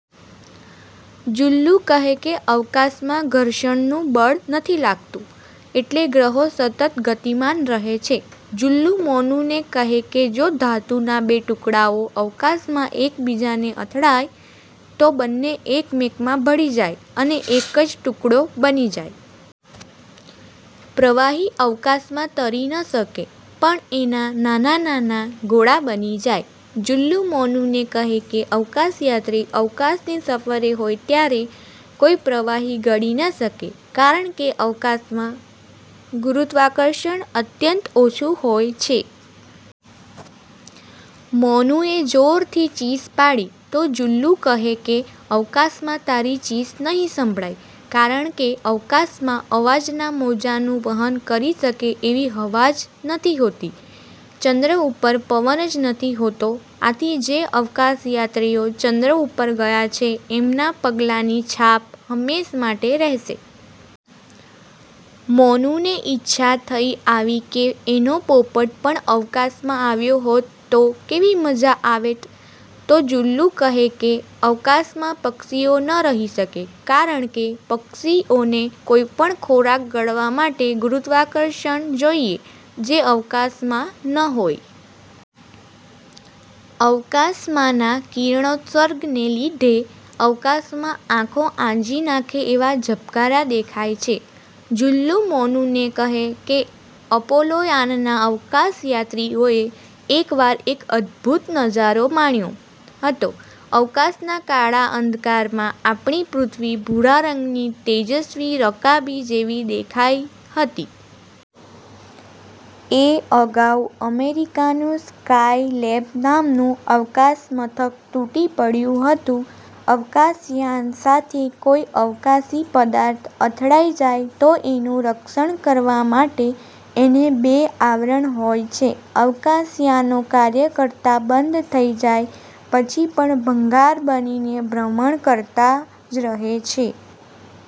જુલ્લુ કહે કે અવકાશમાં ઘર્ષણનું બળ નથી લાગતું એટલે ગ્રહો સતત ગતિમાન રહે છે. જુલ્લુ મોનુને કહે કે જો ધાતુના બે ટુકડાઓ અવકાશમાં એક બીજાને અથડાય તો બંને એકમેકમાં ભળી જાય અને એક જ ટુકડો બની જાય. પ્રવાહી અવકાશમાં તરી ન શકે પણ એના નાના નાના ગોળા બની જાય. જુલ્લુ મોનુને કહે કે અવકાશયાત્રી અવકાશની સફરે હોય ત્યારે કોઈ પ્રવાહી ગળી ન શકે કારણકે અવકાશમાં ગુરુત્વાકર્ષણ અત્યંત ઓછું હોય છે. મોનુએ જોરથી ચીસ પાડી તો જુલ્લુ કહે કે અવકાશમાં તારી ચીસ નહીં સંભળાય કારણકે અવકાશમાં અવાજના મોજાંનું વહન કરી શકે એવી હવા જ નથી હોતી. ચન્દ્ર ઉપર પવન જ નથી હોતો આથી જે અવકાશયાત્રીઓ ચંદ્ર ઉપર ગયા છે એમના પગલાંની છાપ હંમેશ માટે રહેશે. મોનુને ઈચ્છા થઇ આવી કે એનો પોપટ પણ અવકાશમાં આવ્યો હોત તો કેવી મજા આવેત? તો જુલ્લુ કહે કે અવકાશમાં પક્ષીઓ ન રહી શકે કારણકે પક્ષીઓને કોઈ પણ ખોરાક ગળવા માટે ગુરુત્વાકર્ષણ જોઈએ જે અવકાશમાં ન હોય. અવકાશમાંના કિરણોત્સર્ગને લીધે અવકાશમાં આંખો આંજી નાંખે એવા ઝબકારા દેખાય છે. જુલ્લુ મોનુને કહે કે અપોલોયાનના અવકાશયાત્રીઓએ એકવાર એક અદભુત નજારો માણ્યો હતો. અવકાશના કાળા અંધકારમાં આપણી પૃથ્વી ભૂરા રંગની તેજસ્વી રકાબી જેવી દેખાઈ હતી! એ અગાઉ અમેરિકાનું સ્કાયલેબ નામનું અવકાશમથક તૂટી પડ્યું હતું. અવકાશયાન સાથે કોઈ અવકાશી પદાર્થ અથડાઈ જાય તો એનું રક્ષણ કરવા માટે એને બે આવરણ હોય છે. અવકાશયાનો કાર્ય કરતાં બંધ થઇ જાય પછી પણ ભંગાર બનીને ભ્રમણ કરતાં જ રહે છે.